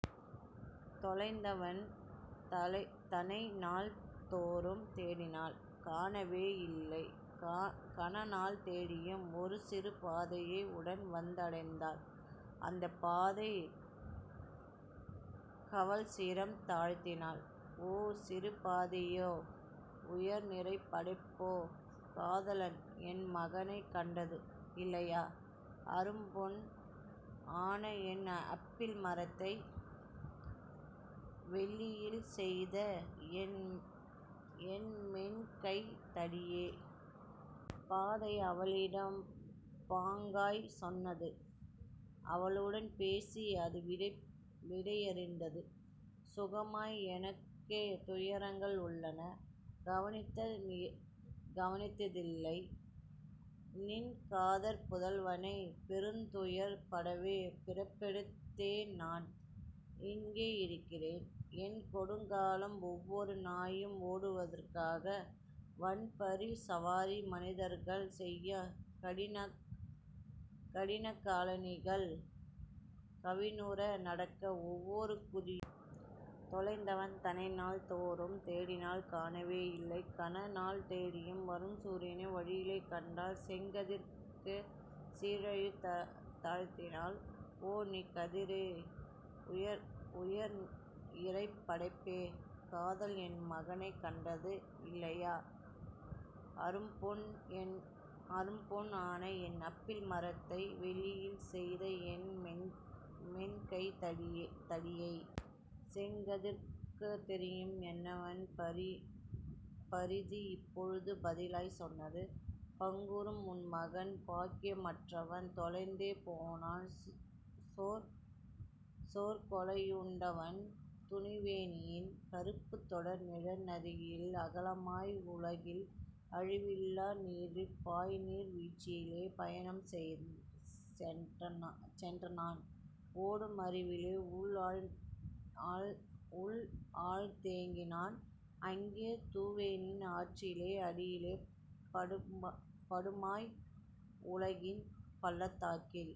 " தொலைந்தவன் தனைநாள் தோறும் தேடினாள் காணவே யில்லை கனநாள் தேடியும் ஒருசிறு பாதையை உடன்வந் தடைந்தாள் அந்தப் பாதைக் கவள்சிரம் தாழ்த்தினாள்: "ஓ, சிறு பாதையே, உயர்இறை படைப்பே! காதல்என் மகனைக் கண்டது இல்லையா, அரும்பொன் ஆனஎன் அப்பிள் பழத்தை, வெள்ளியில் செய்தஎன் மென்கைத் தடியை? " பாதை அவளிடம் பாங்காய்ச் சொன்னது அவளுடன் பேசி அதுவிடை யிறுத்தது: "சுயமாய் எனக்கே துயர்கள் உள்ளன கவனித்த திலைநின் காதற் புதல்வனை பெருந்துயர் படவே பிறப்பெடுத் தேன்நான் இங்கே இருக்கிறேன் என்கொடுங் காலம் ஒவ்வொரு நாயும் ஓடுதற் காக வன்பரிச் சவாரி மனிதர்கள் செய்ய கடினகா லணிகள் கவினுற நடக்க ஒவ்வொரு குதியும் உராய்ந்துதேய்ப் பதற்காய். " தொலைந்தவன் தனைநாள் தோறும் தேடினாள் காணவே யில்லை கனநாள் தேடியும் வரும்சூ ரியனை வழியிலே கண்டாள் செங்கதி ரோற்குச் சிரசைத் தாழ்த்தினாள்: "ஓ, நீ கதிரே, உயர்இறைப் படைப்பே! காதல்என் மகனைக் கண்டது இல்லையா அரும்பொன் ஆனஎன் அப்பிள் பழத்தை வெள்ளியில் செய்தஎன் மென்கைத் தடியை? " செங்கதி ரோற்குத் தெரியும் என்னவோ பரிதிஇப் போது பதிலாய்ச் சொன்னது: "பாங்குறும் உன்மகன் பாக்கிய மற்றவன் தொலைந்தே போனான் சோர்கொலை யுண்டான் துவோனியின் கறுப்புத் தொடர்நிற நதியில் அகலமாய் வுலகில் அழிவிலா நீரில் பாய்நீர் வீழ்ச்சியில் பயணம் சென்றனன் ஓடும் அருவியில் உள்ஆழ்ந் தேகினன் அங்கே துவோனி ஆற்றின் அடியில் படுமாய் வுலகின் பள்ளத் தாக்கில்.